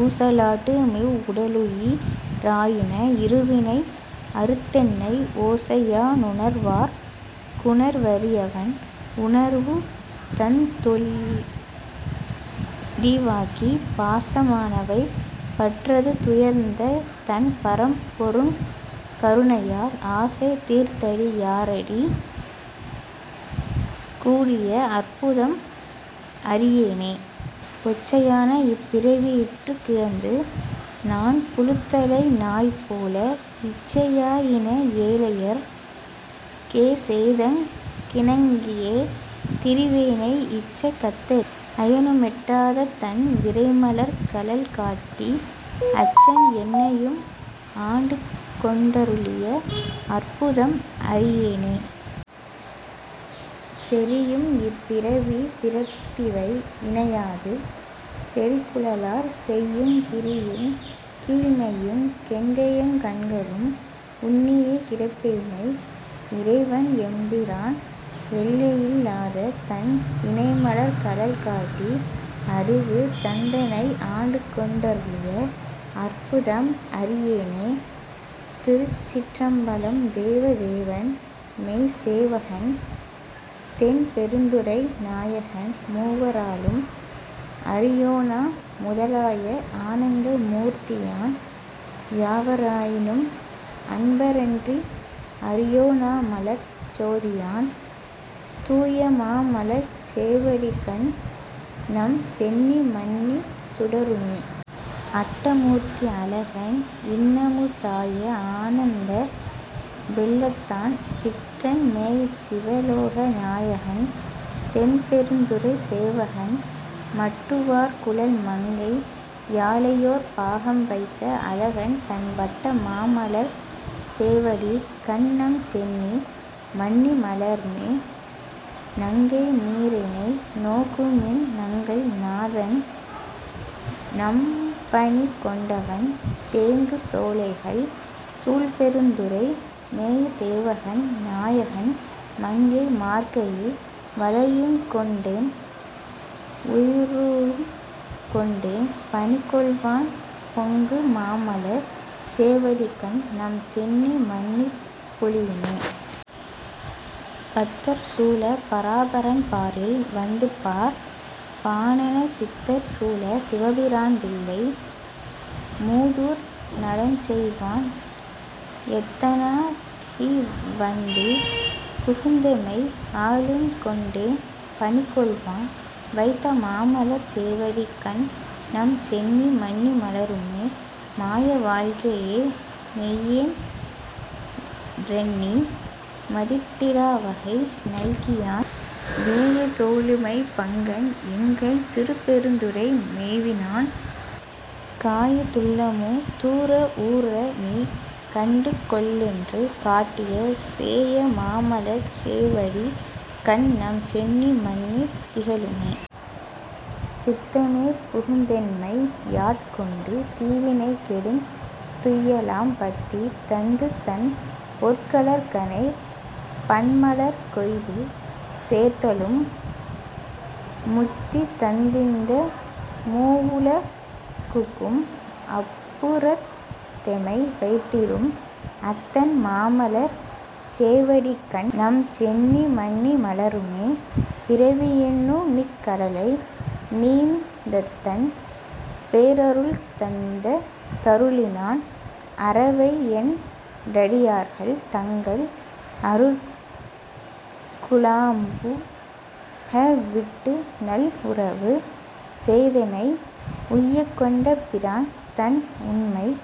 ஊச லாட்டுமிவ் வுடலுயி ராயின இருவினை அறுத்தென்னை ஓசையா லுணர் வார்க்குணர் வரியவன் உணர்வுதந் தொளிவாக்கிப் பாச மானவை பற்றறுத் துயர்ந்ததன் பரம்பொருங் கருணையால் ஆசை தீர்த்தடி யாரடிக் கூட்டிய அற்புதம் அறியேனே. பொச்சை யானஇப் பிறவியிற் கிடந்துநான் புழுத்தலை நாய்போல இச்சை யாயின ஏழையர்க் கேசெய்தங் கிணங்கியே திரிவேனை இச்ச கத்தரி அயனுமெட் டாததன் விரைமலர்க் கழல்காட்டி அச்சன் என்னையும் ஆண்டுகொண் டருளிய அற்புதம் அறியேனே. செறியும் இப்பிறவிப் பிறப்பிவை நினையாது செறிகுழலார் செய்யுங் கிறியுங் கீழ்மையுங் கெண்டையங் கண்களும் உன்னியே கிடப்பேனை இறைவன் எம்பிரான் எல்லையில் லாததன் இணைமலர்க் கழல்காட்டி அறிவு தந்தெனை ஆண்டுகொண் டருளிய அற்புதம் அறியேனே. திருச்சிற்றம்பலம் தேவ தேவன்மெய்ச் சேவகன் தென்பெ ருந்துறை நாயகன் மூவ ராலும் அறியொணாமுத லாய ஆனந்த மூர்த்தியான் யாவ ராயினும் அன்பரன்றி அறியொ ணாமலர்ச் சோதியான் தூயமாமலர்ச் சேவடிக்கண்நம் சென்னி மன்னிச் சுடருமே. அட்டமூர்த்தி அழகன்இன்னமு தாய ஆனந்த வெள்ளத்தான் சிட்டன் மேயச்சிவ லோகநாயகன் தென்பெ ருந்துறைச் சேவகன் மட்டு வார்குழல் மங்கை யாளையோர் பாகம் வைத்த அழகன்தன் வட்ட மாமலர்ச் சேவடிக் கண்நம் சென்னி மன்னி மலருமே. நங்கை மீரெனை நோக்குமின் நங்கள் நாதன் நம்பணி கொண்டவன் தெங்கு சோலைகள் சூழ்பெருந் துறை மேய சேவகன் நாயகன் மங்கை மார்கையில் வளையுங்கொண்டெம் உயிருங் கொண்டெம் பணிகொள்வான் பொங்கு மாமலர்ச் சேவடிக்கண்நம் சென்னி மன்னிப் பொலியுமே. பத்தர் சூழப் பராபரன் பாரில் வந்துபார்ப் பானெனச் சித்தர் சூழச் சிவபிரான் தில்லை மூதூர் நடஞ்செய்வான் எத்தனாகிவந் தில்புகுந்தெமை ஆளுங் கொண்டெம் பணிகொள்வான் வைத்த மாமலர்ச் சேவடிக்கண்நம் சென்னி மன்னி மலருமே. மாய வாழ்க்கையை மெய்யென் றெண்ணி மதித்திடா வகை நல்கியான் வேய தோளுமை பங்கன் எங்கள் திருப்பெ ருந்துறை மேவினான் காயத் துள்ளமு தூறஊறநீ கண்டு கொள்ளென்று காட்டிய சேய மாமலர்ச் சேவடிக்கண்நம் சென்னி மன்னி திகழுமே. சித்தமே புகுந் தெம்மையாட் கொண்டு தீவினை கெடுந் துய்யலாம் பத்தி தந்துதன் பொற்கழற்கணே பன்மலர் கொய்து சேர்த்தலும் முத்தி தந்திந்த மூவுலகுக்கும் அப்பு றத்தெமை வைத்திடும் அத்தன் மாமலர்ச் சேவடிக்கண்நம் சென்னி மன்னி மலருமே. பிறவி யென்னுமிக் கடலைநீந் தத்தன் பேரருள்தந் தருளினான் அறவை யென்றடி யார்கள் தங்கள் அருட்கு ழாம்புக விட்டுநல் உறவு செய்தெனை உய்யக்கொண்ட பிரான்தன் உண்மைப்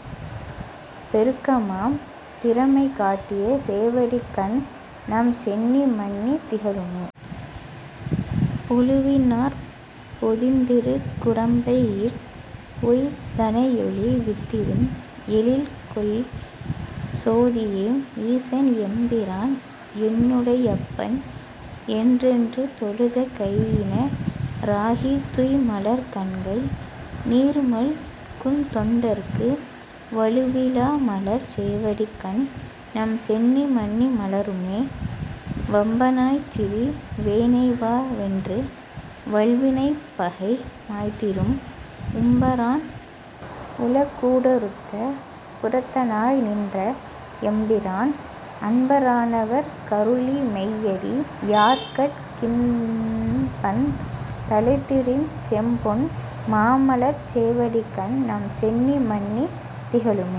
பெருக்கமாம் திறமை காட்டிய சேவடிக்கண்நம் சென்னி மன்னி திகழுமே. புழுவி னாற்பொதிந் திடுகுரம்பையிற் பொய் தனையொழி வித்திடும் எழில்கொள் சோதியெம் ஈசன்எம்பிரான் என்னு டையப்பன் என்றென்று தொழுத கையின ராகித் துய்மலர்க் கண்கள் நீர்மல்குந் தொண்டர்க்கு வழுவி லாமலர்ச் சேவடிக்கண்நம் சென்னி மன்னி மலருமே. வம்ப னாய்த்திரி வேனைவாவென்று வல்வி னைப்பகை மாய்த்திடும் உம்ப ரான்உல கூடறுத்தப் புறத்தனாய் நின்ற எம்பிரான் அன்பரானவர்க்கருளி மெய்யடி யார்கட் கின்பந் தழைந்திடுஞ் செம்பொன் மாமலர்ச் சேவடிக்கண்நம் சென்னி மன்னி திகழுமே.